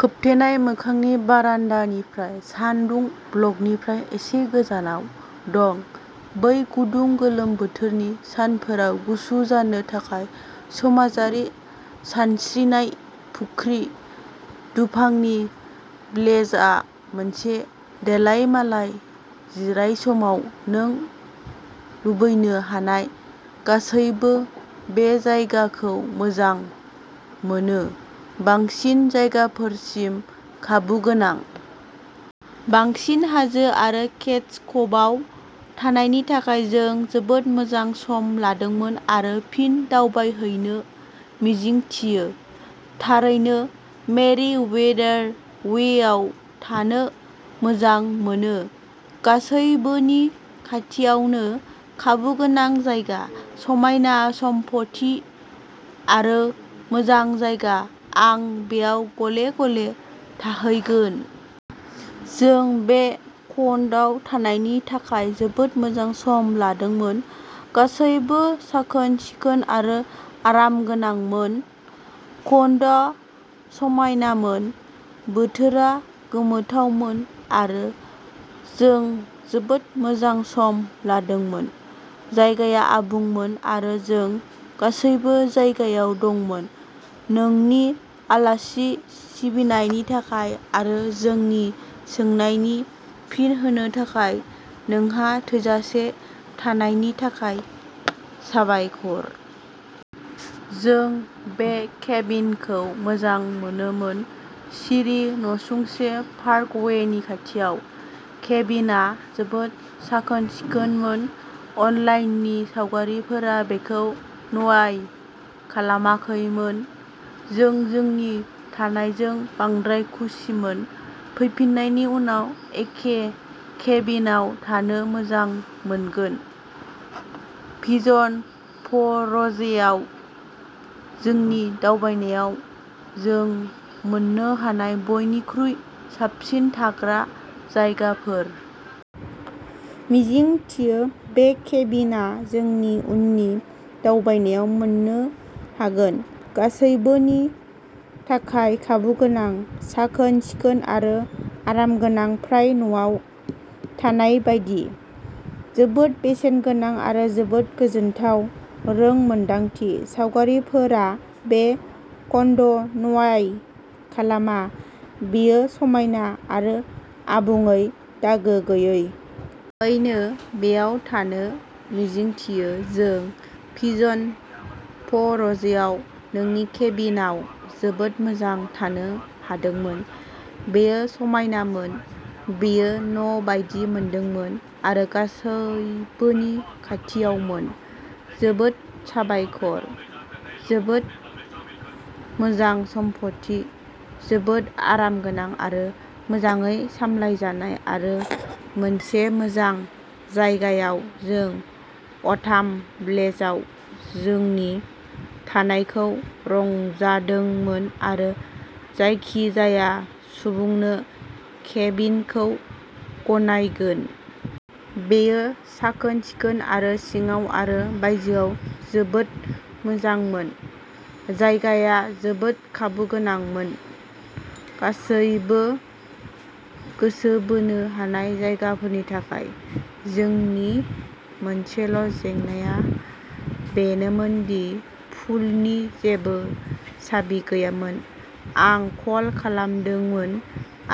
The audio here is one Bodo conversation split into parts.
खोबथेनाय मोखांनि बारान्दानिफ्राय सानदुं ब्लकनिफ्राय एसे गोजानाव दं बै गुदुं गोलोम बोथोरनि सानफोराव गुसु जानो थाखाय समाजारि सानस्रिनाय फुख्रि दुफांनि ब्लेजआ मोनसे देलायमालाय जिरायसमाव नों लुबैनो हानाय गासैबो बे जायगाखौ मोजां मोनो। बांसिन जायगाफोरसिम खाबुगोनां। बांसिन हाजो आरो केड्स कभआव थानायनि थाखाय जों जोबोद मोजां सम लादोंमोन आरो फिन दावबायहैनो मिजिंथियो। थारैनो मेरि वेदार वेआव थानो मोजां मोनो। गासैबोनि खाथियावनो खाबुगोनां जायगा। समायना सम्पथि आरो मोजां जायगा। आं बेयाव गले-गले थाहैगोन। जों बे कन्ड'आव थानायनि थाखाय जोबोद मोजां सम लादोंमोन। गासैबो साखोन-सिखोन आरो आरामगोनांमोन। कन्ड'आ समायनामोन। बोथोरा गोमोथावमोन आरो जों जोबोद मोजां सम लादोंमोन। जायगाया आबुंमोन आरो जों गासैबो जायगायाव दंमोन। नोंनि आलासि सिबिनायनि थाखाय आरो जोंनि सोंनायनि फिन होनो थाखाय नोंहा थोजासे थानायनि थाखाय साबायखर। जों बे केबिनखौ मोजां मोनोमोन। सिरि नसुंसे। पार्कवेनि खाथियाव। केबिनआ जोबोद साखोन-सिखोनमोन। अनलाइननि सावगारिफोरा बेखौ न्वाय खालामाखैमोन। जों जोंनि थानायजों बांद्राय खुसिमोन। फैफिन्नायनि उनाव एखे केबिनआव थानो मोजां मोनगोन। पिजन फ'रजेआव जोंनि दावबायनायाव जों मोननो हानाय बयनिख्रुइ साबसिन थाग्रा जायगाफोर। मिजिंथियो बे केबिनआ जोंनि उननि दावबायनायाव मोननो हागोन। गासैबोनि थाखाय खाबुगोनां। साखोन-सिखोन आरो आरामगोनां फ्राय न'आव थानाय बायदि। जोबोद बेसेनगोनां आरो जोबोद गोजोनथाव रोंमोनदांथि। सावगारिफोरा बे कन्ड'न्याय खालामा बेयो समायना आरो आबुङै दागो गैयै। थाबैनो बेयाव थानो मिजिंथियो। जों पिजन फ'रजेआव नोंनि केबिनआव जोबोद मोजां थानो हादोंमोन। बेयो समायनामोन। बेयो न'बायदि मोनदोंमोन आरो गासैबोनि खाथियावमोन। जोबोद साबायखर। जोबोद मोजां सम्पथि जोबोद आरामगोनां आरो मोजाङै सामलायजानाय आरो मोनसे मोजां जायगायाव जों अटाम ब्लेजआव जोंनि थानायखौ रंजादोंमोन आरो जायखिजाया सुबुंनो केबिनखौ गनायगोन। बेयो साखोन-सिखोन आरो सिङाव आरो बायजोआव जोबोद मोजांमोन। जायगाया जोबोद खाबुगोनांमोन। गासैबो गोसो बोनो हानाय जायगाफोरनि थाखाय। जोंनि मोनसेल' जेंनाया बेनोमोन दि पुलनि जेबो साबि गैयामोन। आं कल खालामदोंमोन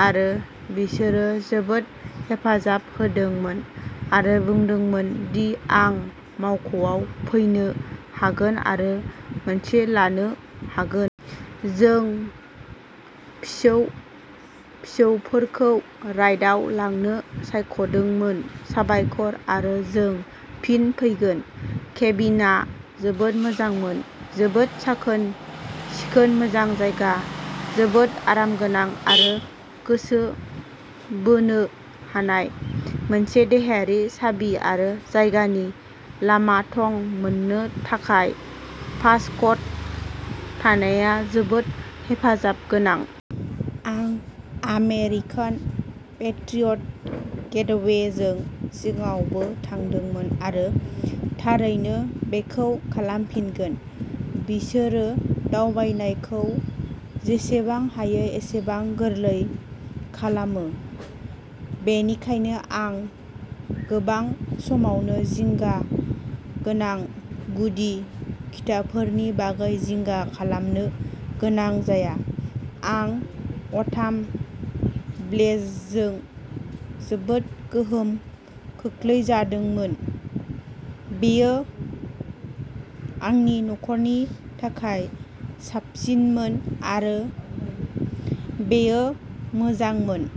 आरो बिसोरो जोबोद हेफाजाब होदोंमोन आरो बुंदोंमोन दि आं मावख'आव फैनो हागोन आरो मोनसे लानो हागोन। जों फिसौ-फिसौफोरखौ राइडआव लांनो सायख'दोंमोन। साबायखर आरो जों फिन फैगोन। केबिनआ जोबोद मोजांमोन। जोबोद साखोन-सिखोन मोजां जायगा जोबोद आरामगोनां आरो गोसो बोनो हानाय। मोनसे देहायारि साबि आरो जायगानि लामा थं मोननो थाखाय पासक'ड थानाया जोबोद हेफाजाब गोनां। आं आमेरिकान पेट्रियट गेटवेजों सिगाङावबो थादोंमोन आरो थारैनो बेखौ खालामफिनगोन। बिसोरो दावबायनायखौ जेसेबां हायो एसेबां गोरलै खालामो। बेनिखायनो आं गोबां समावनो जिंगा गोनां गुदि खिथाफोरनि बागै जिंगा खालामनो गोनां जाया। आं अटाम ब्लेजजों जोबोद गोहोम खोख्लैजादोंमोन। बेयो आंनि नखरनि थाखाय साबसिनमोन आरो बेयो मोजांमोन।